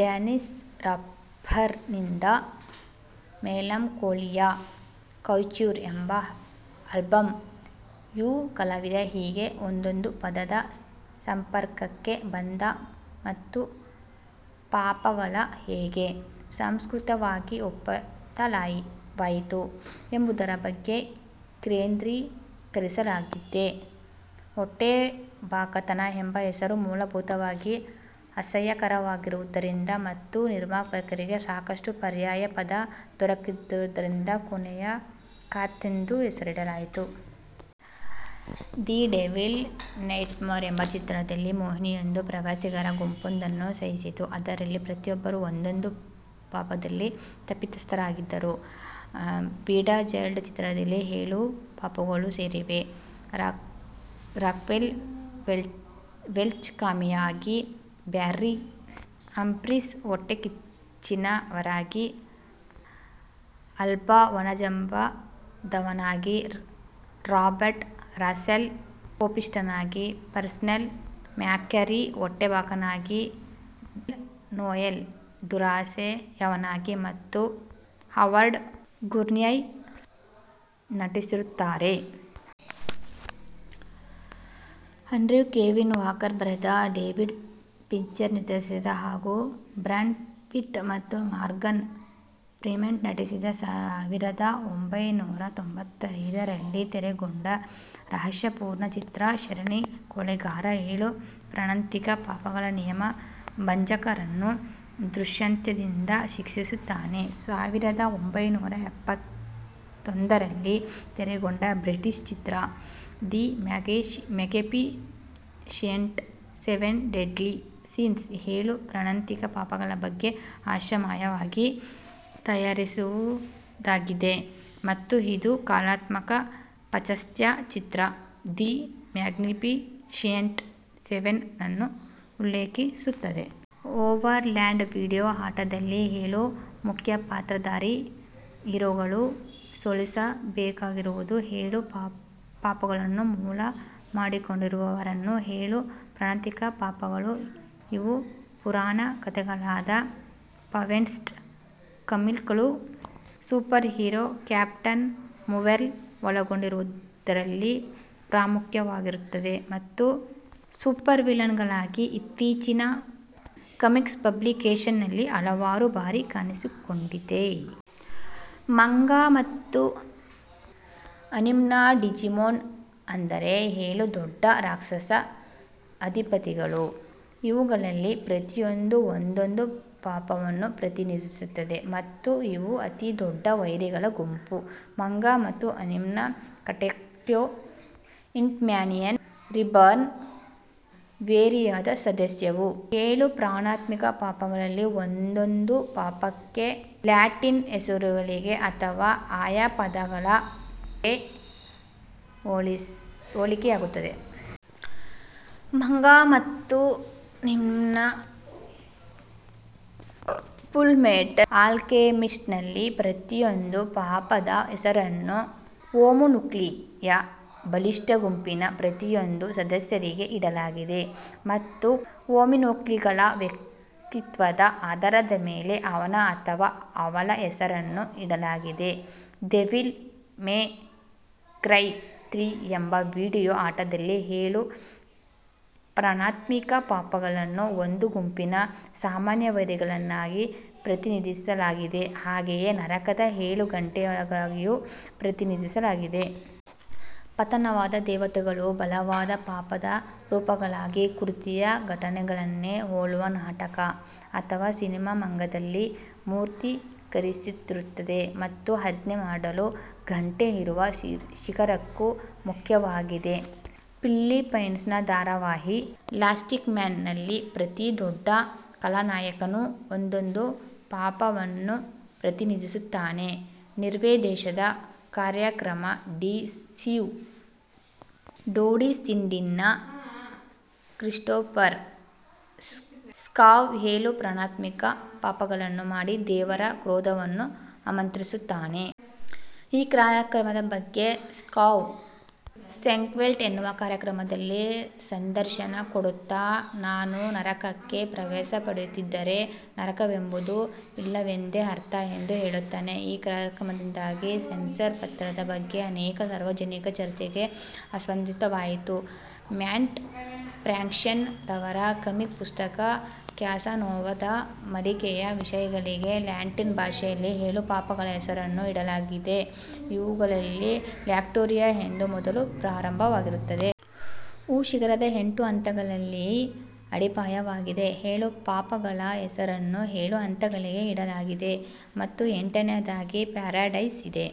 Danish rapper ನಿಂದ Melancholia / couture ಎಂಬ album... ಯು ಕಲಾವಿದ ಹೇಗೆ ಒಂದೊಂದು ಪಾಪದ ಸಂಪರ್ಕಕ್ಕೆ ಬಂದ ಮತ್ತು ಆ ಪಾಪಗಳು ಹೇಗೆ ಸಾಂಸ್ಕ್ರತಿಕವಾಗಿ ಒಪ್ಪಿತವಾಯಿತು ಎಂಬುದರ ಬಗ್ಗೆ ಕೇಂದ್ರೀಕರಿಸಲಾಗಿದೆ. ಹೊಟ್ಟೆಬಾಕತನ ಎಂಬ ಹೆಸರು ಮೂಲಭೂತವಾಗಿ ಅಸಹ್ಯಕರವಾಗಿರುವುದರಿಂದ ಮತ್ತು ನಿರ್ಮಾಪಕರಿಗೆ ಸಾಕಷ್ಟು ಪರ್ಯಾಯ ಪದ ದೊರಕದಿರುವುದರಿಂದ ಕೊನೆಯ ಕಂತೆಂದು ಹೆಸರಿಸಲಾಯಿತು. ದಿ ಡೆವಿಲ್ಸ್ ನೈಟ್ಮೇರ್ ಎಂಬ ಚಿತ್ರದಲ್ಲಿ ಮೋಹಿನಿಯೊಂದು ಪ್ರವಾಸಿಗರ ಗುಂಪೊಂದನ್ನು ಸಾಯಿಸಿತು ಅವರಲ್ಲಿ ಪ್ರತಿಯೊಬ್ಬರೂ ಒಂದೊಂದು ಪಾಪದಲ್ಲಿ ತಪಿತಸ್ಥರಾಗಿದ್ದರು. ಬಿಡಾಜಲ್ಡ್ ಚಿತ್ರದಲ್ಲಿ ಏಳು ಪಾಪಗಳೂ ಸೇರಿವೆ; ರಾಕ್ವೆಲ್ ವೆಲ್ಚ್ ಕಾಮಿಯಾಗಿ, ಬ್ಯಾರ್ರಿ ಹಂಫ್ರೀಸ್ ಹೊಟ್ಟೆಕಿಚ್ಚಿನವನಾಗಿ, ಆಲ್ಬಾ ಒಣಜಂಬದವನಾಗಿ, ರಾಬರ್ಟ್ ರಸ್ಸೆಲ್ ಕೋಪಿಷ್ಟನಾಗಿ, ಪಾರ್ನೆಲ್ಲ್ ಮ್ಯಾಕ್ಗ್ಯಾರಿ ಹೊಟ್ಟೆಬಾಕನಾಗಿ, ಡ್ಯಾನೀಯಲ್ ನೋಯೆಲ್ ದುರಾಶೆಯವನಾಗಿ ಮತ್ತು ಹೌವಾರ್ಡ್ ಗೂರ್ನಿಯ್ ಸೋಮಾರಿಯಾಗಿ ನಟಿಸಿರುತ್ತಾರೆ. ಆಂಡ್ರಿವ್ ಕೆವಿನ್ ವಾಕರ್ ಬರೆದ, ಡೇವಿಡ್ ಫಿಂಚರ್ ನಿರ್ದೇಶಿಸಿದ ಹಾಗೂ ಬ್ರಾಡ್ ಪಿಟ್ ಮತ್ತು ಮಾರ್ಗನ್ ಫ್ರೀಮನ್ ನಟಿಸಿದ, ಸಾವಿರದ ಒಂಭೈನೂರ ತೊಂಬತ್ತೈದರಲ್ಲಿ ತೆರೆಕಂಡ ರಹಸ್ಯಪೂರ್ಣ ಚಿತ್ರ ಸರಣಿ ಕೊಲೆಗಾರ ಏಳು ಪ್ರಾಣಾಂತಿಕ ಪಾಪಗಳ ನಿಯಮ ಭಂಜಕರನ್ನು ದುಷ್ಕೃತ್ಯದಿಂದ ಶಿಕ್ಷಿಸುತ್ತಾನೆ. ಸಾವಿರದ ಒಂಭೈನೂರ ಎಪ್ಪತ್ತೊಂದರಲ್ಲಿ ತೆರೆಕಂಡ ಬ್ರಿಟಿಷ ಚಿತ್ರ the magnificent seven deadly sins ಏಳು ಪ್ರಾಣಾಂತಿಕ ಪಾಪಗಳ ಬಗ್ಗೆ ಹಾಸ್ಯಮಯವಾಗಿ ತಯಾರಿಸಿರುವುದಾಗಿದೆ ಮತ್ತು ಇದು ಕಲಾತ್ಮಕ ಪಾಶ್ಚಾತ್ಯ ಚಿತ್ರ ದಿ ಮ್ಯಾಗ್ನೀಫಿಷಿಯಂಟ್ ಸೆವೆನ್ ನನ್ನು ಉಲ್ಲೇಖಿಸುತ್ತದೆ. ಓವರ್ಲಾರ್ಡ್ ವೀಡಿಯೋ ಆಟದಲ್ಲಿ, ಏಳು ಮುಖ್ಯಪಾತ್ರದಾರಿ ಹೀರೋಗಳು ಸೋಲಿಸಬೇಕಾಗಿರುವುದು ಏಳು ಪಾಪಗಳನ್ನು ಮೂಲ ಮಾಡಿಕೊಂಡಿರುವವರನ್ನ. ಏಳು ಪ್ರಾಣಾಂತಿಕ ಪಾಪಗಳು, ಇವು ಪುರಾಣ ಕಥೆಗಳಾದ ಫಾವ್ಸೆಟ್/ ಕಾಮಿಕ್ಗಳು ಸೂಪರ್ಹೀರೋ ಕ್ಯಾಪ್ಟನ್ ಮಾರ್ವೆಲ್ ಒಳಗೊಂಡಿರುವುದರಲ್ಲಿ ಪ್ರಾಮುಖ್ಯವಾಗಿರುತ್ತದೆ ಮತ್ತು ಸೂಪರ್ವಿಲ್ಲನ್ ಗಳಾಗಿ ಇತ್ತೀಚಿನ ಕಾಮಿಕ್ಸ್ ಪಬ್ಲಿಕೇಷನ್ಸ್ ನಲ್ಲಿ ಹಲವಾರು ಬಾರಿ ಕಾಣಿಸಿಕೊಂಡಿದೆ. ಮಂಗಾ ಮತ್ತು ಅನೀಮ್ನ ಡಿಜಿಮೊನ್ ಅಂದರೆ ಏಳು ದೊಡ್ಡ ರಾಕ್ಷಸ ಅಧಿಪತಿಗಳು, ಇವುಗಳಲ್ಲಿ ಪ್ರತಿಯೊಂದೂ ಒಂದೊಂದು ಪಾಪವನ್ನು ಪ್ರತಿನಿಧಿಸುತ್ತದೆ, ಮತ್ತು ಇವು ಅತಿ ದೊಡ್ಡ ವೈರಿಗಳ ಗುಂಪು. ಮಂಗಾ ಮತ್ತು ಅನೀಮ್ನ ಕಟೇಕ್ಯೋ ಹಿಟ್ಮ್ಯಾನ್ ರೀಬಾರ್ನ್, ವೇರಿಯಾದ ಸದಸ್ಯವು, ಏಳು ಪ್ರಾಣಾಂತಿಕ ಪಾಪಗಳಲ್ಲಿ ಒಂದೊಂದು ಪಾಪಕ್ಕೆ, ಲ್ಯಾಟಿನ್ ಹೆಸರುಗಳಿಗೆ ಅಥವಾ ಆಯಾ ಪಾಪಗಳ ರಾಕ್ಷಸರಿಗೆ ಹೋಲಿಕೆಯಾಗುತ್ತದೆ. ಮಂಗಾ ಮತ್ತು ಅನೀಮ್ನ ಫುಲ್ಮೆಟಲ್ ಆಲ್ಕೆಮಿಸ್ಟ್ ನಲ್ಲಿ ಪ್ರತಿಯೊಂದು ಪಾಪದ ಹೆಸರನ್ನು "ಹೋಮೂನ್ಕೂಲಿ" ಯ ಬಲಿಷ್ಟ ಗುಂಪಿನ ಪ್ರತಿಯೊಂದು ಸದಸ್ಯರಿಗೆ ಇಡಲಾಗಿದೆ ಮತ್ತು ಹೋಮೂನ್ಕೂಲಿಗಳ ವ್ಯಕ್ತಿತ್ವದ ಆಧಾರದ ಮೇಲೆ ಅವನ ಅಥವಾ ಅವಳ ಹೆಸರನ್ನು ಇಡಲಾಗಿದೆ. ದೆವಿಲ್ ಮೇ ಕ್ರೈ ತ್ರೀ ಎಂಬ ವೀಡಿಯೋ ಆಟದಲ್ಲಿ, ಏಳು ಪ್ರಾಣಾಂತಿಕ ಪಾಪಗಳನ್ನು ಒಂದು ಗುಂಪಿನ ಸಾಮಾನ್ಯ ವೈರಿಯನ್ನಾಗಿ ಪ್ರತಿನಿಧಿಸಲಾಗಿದೆ ಹಾಗೆಯೇ ನರಕದ ಏಳು ಘಂಟೆಗಳಾಗಿಯೂ ಪ್ರತಿನಿಧಿಸಲಾಗಿದೆ. ಪತನವಾದ ದೇವತೆಗಳು ಬಲವಾದ ಪಾಪದ ರೂಪಗಳಾಗಿ ಕೃತಿಯ ಘಟನೆಗಳನ್ನೇ ಹೋಲುವ ನಾಟಕ ಅಥವಾ ಸಿನಿಮಾ ಮಂಗಾದಲ್ಲಿ ಮೂರ್ತಿಕರಿಸಿರುತ್ತದೆ ಮತ್ತು ಆಜ್ಞೆ ಮಾಡಲು ಘಂಟೆ ಇರುವ ಶಿಖರಕ್ಕೂ ಮುಖ್ಯವಾಗಿದೆ. ಫಿಲ್ಲೀಪೈನ್ಸ್ ನ ಧಾರಾವಾಹಿ ಲಸ್ಟಿಕ್ಮ್ಯಾನ್ ನಲ್ಲಿ ಪ್ರತಿ ದೊಡ್ಡ ಖಳನಾಯಕನೂ ಒಂದೊಂದು ಪಾಪಗಳನ್ನು ಪ್ರತಿನಿಧಿಸುತ್ತಾನೆ. ನಾರ್ವೇ ದೇಶದ ಕಾರ್ಯಕ್ರಮ ಡಿ ಸಿವ್ ಡೋಡಿಸಿಂಡೀನ್ ನ ಕ್ರಿಸ್ಟೋಫರ್ ಸ್ಕಾವ್ ಏಳು ಪ್ರಾಣಾಂತಿಕ ಪಾಪಗಳನ್ನು ಮಾಡಿ ದೇವರ ಕ್ರೋಧವನ್ನು ಆಮಂತ್ರಿಸಿಸುತ್ತಾನೆ. ಈ ಕಾರ್ಯಕ್ರಮದ ಬಗ್ಗೆ ಸ್ಕಾವ್, ಸೆಂಕ್ವೆಲ್ಡ್ ಎನ್ನುವ ಕಾರ್ಯಕ್ರಮದಲ್ಲಿ ಸಂದರ್ಶನ ಕೊಡುತ್ತ, "ನಾನು ನರಕಕ್ಕೆ ಪ್ರವೇಶ ಪಡೆಯದಿದ್ದರೆ ನರಕವೆಂಬುದು ಇಲ್ಲವೆಂದೇ ಅರ್ಥ" ಎಂದು ಹೇಳಿದ್ದಾನೆ. ಈ ಕಾರ್ಯಕ್ರಮದಿಂದಾಗಿ ಸೆನ್ಸಾರ್ ಪಾತ್ರದ ಬಗ್ಗೆ ಅನೇಕ ಸಾರ್ವಜನಿಕ ಚರ್ಚೆಗೆ ಆಸ್ಪದವಾಯಿತು. ಮ್ಯಾಟ್ ಫ್ರ್ಯಾಕ್ಷನ್ ನವರ ಕಾಮಿಕ್ ಪುಸ್ತಕ ಕ್ಯಾಸನೋವ ದ ಮಾಲಿಕೆಯ ವಿಷಯಗಳಿಗೆ ಲ್ಯಾಟಿನ್ ಭಾಷೆಯಲ್ಲಿ ಏಳು ಪಾಪಗಳ ಹೆಸರನ್ನು ಇಡಲಾಗಿದೆ ಅವುಗಳಲ್ಲಿ ಲಕ್ಸ್ಯೂರಿಯಾ ಎಂದು ಮೊದಲು ಪ್ರಾರಂಭವಾಗಿರುತ್ತದೆ.: ವೂ ಶಿಖರದ ಎಂಟು ಹಂತಗಳಲ್ಲಿ ಅಡಿಪಾಯವಾಗಿದೆ, ಏಳು ಪಾಪಗಳ ಹೆಸರನ್ನು ಏಳು ಹಂತಗಳಿಗೆ ಇಡಲಾಗಿದೆ ಮತ್ತು ಎಂಟನೆಯದಾಗಿ ಪ್ಯಾರಡೈಸ್ ಇದೆ.